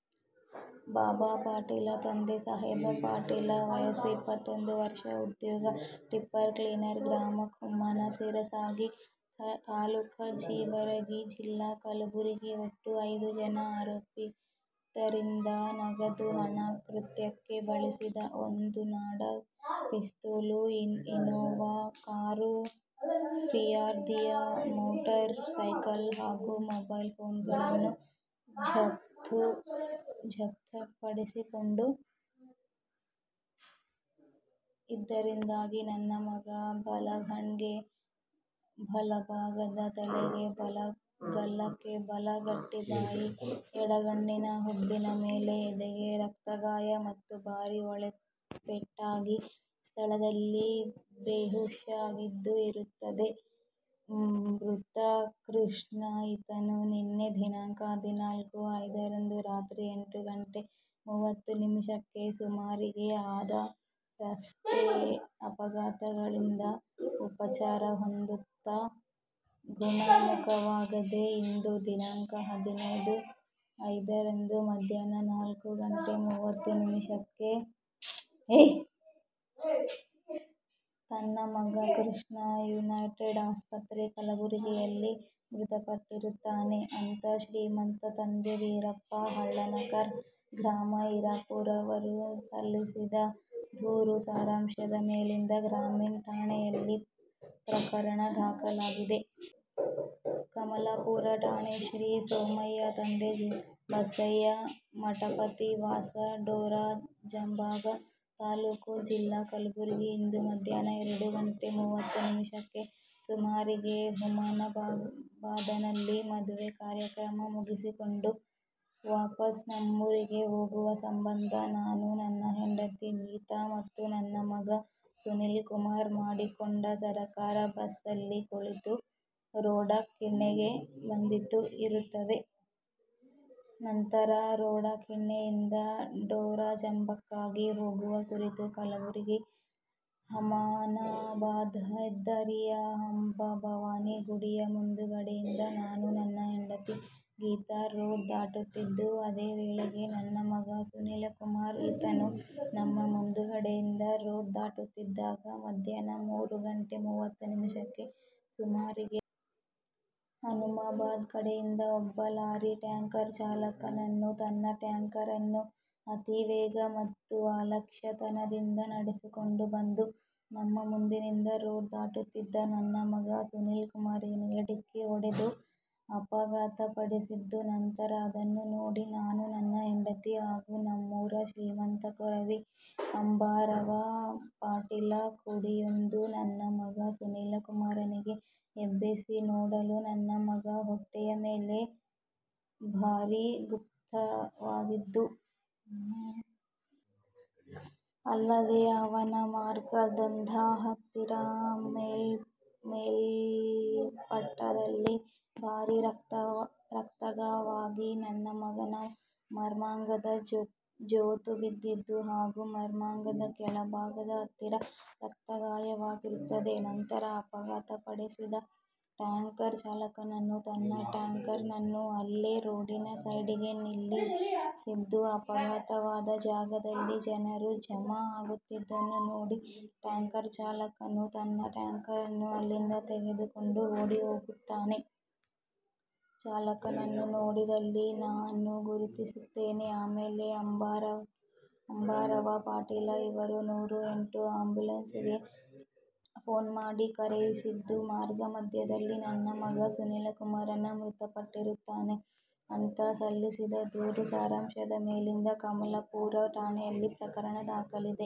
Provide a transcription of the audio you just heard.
ಬಾಬಾ ಪಟೇಲ ತಂದೆ ಸಾಹೇಬ ಪಟೇಲ ವಯಸ್ಸು ಇಪ್ಪತ್ತೊಂದು ವರ್ಷ ಉದ್ಯೋಗ ಟಿಪ್ಪರ ಕ್ಲೀನರ್ ಗ್ರಾಮ ಕುಮ್ಮನ ಸಿರಸಗಿ ತಾಲ್ಲೂಖು ಜೇವರಗಿ ಜಿಲ್ಲಾ ಕಲಬುರಗಿ ಒಟ್ಟು ಐದು ಜನ ಆರೋಪಿತರಿಂದ ನಗದು ಹಣ, ಕೃತ್ಯಕ್ಕೆ ಬಳಿಸಿದ ಒಂದು ನಾಡ ಪಿಸ್ತೂಲು, ಇನೋವಾ ಕಾರು, ಫಿರ್ಯಾದಿಯ ಮೊಟಾರು ಸೈಕಲ್ ಹಾಗು ಮೊಬೈಲ್ ಫೋನುಗಳನ್ನು ಜಪ್ತು ಪಡಿಸಿಕೊಂಡು. ಇದರಿಂದಾಗಿ ನನ್ನ ಮಗ ಬಲಗಣ್ಣಿಗೆ, ಬಲಭಾಗದ ತಲೆಗೆ ಬಲ ಗಲ್ಲಕ್ಕೆ, ಬಲ ಗಟ್ಟಬಾಯಿ ಎಡಗಣ್ಣಿನ ಹುಬ್ಬಿನ ಮೇಲೆ ಎದೆಗೆ ರಕ್ತಗಾಯ ಮತ್ತು ಭಾರಿ ಒಳಪೆಟ್ಟಾಗಿ ಸ್ಥಳದಲ್ಲಿ ಬೇಹುಷ ಆಗಿದ್ದು ಇರುತ್ತದೆ. ಮೃತ ಕೃಷ್ಣಾ ಈತನು ನಿನ್ನೆ ದಿನಾಂಕ ಹದಿನಾಲ್ಕು ಐದರಂದು ರಾತ್ರಿ ಎಂಟು ಗಂಟೆ ಮೂವತ್ತು ನಿಮಿಷಕ್ಕೆ ಸುಮಾರಿಗೆ ಆದ ರಸ್ತೆ ಅಪಘಾತಗಳಿಂದ ಉಪಚಾರ ಹೊಂದುತ್ತಾ ಗುಣಮುಖವಾಗದೇ ಇಂದು ದಿನಾಂಕ ಹದಿನೈದು ಐದರಂದು ಮಧ್ಯಾಹ್ನ ನಾಲ್ಕು ಗಂಟೆ ಮೂವತ್ತು ನಿಮಿಷಕ್ಕೆ ನನ್ನ ಮಗ ಕೃಷ್ಣಾ ಯುನೈಟೆಡ್ ಆಸ್ಪತ್ರೆ ಕಲಬುರಗಿಯಲ್ಲಿ ಮೃತಪಟ್ಟಿರುತ್ತಾನೆ ಅಂತಾ ಶ್ರೀಮಂತ ತಂದೆ ವೀರಪ್ಪಾ ಹಳ್ಳನಕರ ಗ್ರಾಮ ಹೀರಾಪೂರ ರವರು ಸಲ್ಲಿಸಿದ ದೂರು ಸಾರಾಂಶದ ಮೇಲಿಂದ ಗ್ರಾಮೀಣ ಠಾಣೆಯಲ್ಲಿ ಪ್ರಕರಣ ದಾಖಲಾಗಿದೆ. ಕಮಲಾಪೂರ ಠಾಣೆ: ಶ್ರೀ ಸೋಮಯ್ಯ ತಂದೆ ಬಸಯ್ಯ ಮಠಪತಿ ವಾಸ ಡೊರಜಂಬಗಾ ತಾಲ್ಲೂಖು: ಜಿಲ್ಲಾ :ಕಲಬುರಗಿ ಇಂದು ಮದ್ಯಾಹ್ನ ಎರಡು ಗಂಟೆ ಮೂವತ್ತು ನಿಮಿಷಕ್ಕೆ ಸೂಮಾರಿಗೆ ಹುಮನಾಬಾದನಲ್ಲಿ ಮದುವೆ ಕಾರ್ಯಕ್ರಮ ಮುಗಿಸಿಕೊಂಡು ವಾಪಸ್ ನಮ್ಮೂರಿಗೆ ಹೋಗುವ ಸಂಬಂಧ ನಾನು ನನ್ನ ಹೆಂಡತಿ ಗೀತಾ ಮತ್ತು ನನ್ನ ಮಗ ಸುನೀಲಕುಮಾರ ಕೂಡಿಕೊಂಡು ಸರಕಾರಿ ಬಸ್ನಲ್ಲಿ ಕುಳಿತು ರೋಡಕಿಣ್ಣಿಗೆ ಬಂದಿದ್ದು ಇರುತ್ತದೆ. ನಂತರ ರೋಡಕಿಣ್ಣಿಯಿಂದ ಡೊರಜಂಬಗಾಕ್ಕೆ ಹೋಗುವ ಕುರಿತು ಕಲಬುರಗಿ ಹುಮನಾಬಾದ ಹೆದ್ದಾರಿಯ ಅಂಬಾಭವಾನಿ ಗುಡಿಯ ಮುಂದುಗಡೆಯಿಂದ ನಾನು ನನ್ನ ಹೆಂಡತಿ ಗೀತಾ ರೋಡ್ ದಾಟುತ್ತಿದ್ದು ಅದೇ ವೇಳೆಗೆ ನನ್ನ ಮಗ ಸುನೀಲಕುಮಾರ ಈತನು ನಮ್ಮ ಮುಂದುಗಡೆಯಿಂದ ರೋಡ್ ದಾಟುತ್ತಿದ್ದಾಗ ಮಧ್ಯಾಹ್ನ ಮೂರು ಗಂಟೆ ಮೂವತ್ತು ನಿಮಿಷಕ್ಕೆ ಸೂಮಾರಿಗೆ ಹುಮನಾಬಾದ ಕಡೆಯಿಂದ ಒಬ್ಬ ಲಾರಿ ಟ್ಯಾಂಕರ್ ಚಾಲಕನು ತನ್ನ ಟ್ಯಾಂಕರನ್ನು ಅತಿವೇಗ ಮತ್ತು ಅಲಕ್ಷ್ಯತನದಿಂದ ನಡೆಸಿಕೊಂಡು ಬಂದು ನಮ್ಮ ಮುಂದಿನಿಂದ ರೋಡ್ ದಾಟುತ್ತಿದ್ದ ನನ್ನ ಮಗ ಸುನೀಲಕುಮಾರನಿಗೆ ಡಿಕ್ಕಿ ಹೊಡೆದು ಅಪಘಾತ ಪಡಿಸಿದ್ದು ನಂತರ ಅದನ್ನು ನೋಡಿ ನಾನು ನನ್ನ ಹೆಂಡತಿ ಹಾಗೂ ನಮ್ಮೂರ ಶ್ರೀಮಂತ ಕೋರವಿ ಅಂಬಾರಾವ ಪಾಟೀಲ ಕೂಡಿಕೊಂಡು ನನ್ನ ಮಗ ಸುನೀಲಕುಮಾರನಿಗೆ ಎಬ್ಬಿಸಿ ನೋಡಲು ನನ್ನ ಮಗನ ಹೊಟ್ಟೆಯ ಮೇಲೆ ಭಾರಿ ಗುಪ್ತಗಾವಾಗಿದ್ದು. ಅಲ್ಲದೆ ಅವನ ಮರ್ಮಾಂಗದ ಹತ್ತಿರ ಮೇಲ್ಬಾದಲ್ಲಿ ಭಾರಿ ರಕ್ತಗಾವಾಗಿ ನನ್ನ ಮಗನ ಮರ್ಮಾಂಗದ ಜೋತು ಬಿದ್ದಿದ್ದು ಹಾಗೂ ಮರ್ಮಾಂಗದ ಕೆಳಭಾಗದ ಹತ್ತಿರ ರಕ್ತ ಗಾಯವಾಗಿರುತ್ತದೆ. ನಂತರ ಅಪಘಾತ ಪಡಿಸಿದ ಟ್ಯಾಂಕರ್ ಚಾಲಕನು ತನ್ನ ಟ್ಯಾಂಕರನ್ನು ಅಲ್ಲೆ ರೋಡಿನ ಸೈಡಿಗೆ ನಿಲ್ಲಿಸಿದ್ದು ಅಪಘಾತವಾದ ಜಾಗದಲ್ಲಿ ಜನರು ಜಮಾ ಆಗುತ್ತಿದ್ದನ್ನು ನೋಡಿ ಟ್ಯಾಂಕರ್ ಚಾಲಕನು ತನ್ನ ಟ್ಯಾಂಕರನ್ನು ಅಲ್ಲಿಂದ ತೆಗೆದುಕೊಂಡು ಓಡಿ ಹೋಗಿರುತ್ತಾನೆ. ಚಾಲಕನನ್ನು ನೋಡಿದಲ್ಲಿ ನಾನು ಗುರುತಿಸುತ್ತೇನೆ. ಆಮೇಲೆ ಅಂಬಾರಾವ ಪಾಟೀಲ ಇವರು ನೂರ ಎಂಟು ಅಂಬುಲೆನ್ಸ್ ಗೆ ಫೋನ್ ಮಾಡಿ ಕರೆಯಿಸಿದ್ದು ಮಾರ್ಗ ಮಧ್ಯದಲ್ಲಿ ನನ್ನ ಮಗ ಸುನೀಲ ಕುಮಾರನು ಮೃತ ಪಟ್ಟಿರುತ್ತಾನೆ ಅಂತಾ ಸಲ್ಲಿಸಿದ ದೂರು ಸಾರಾಂಶದ ಮೇಲಿಂದ ಕಮಲಾಪೂರ ಠಾಣೆಯಲ್ಲಿ ಪ್ರಕರಣ ದಾಖಲಾಗಿದೆ.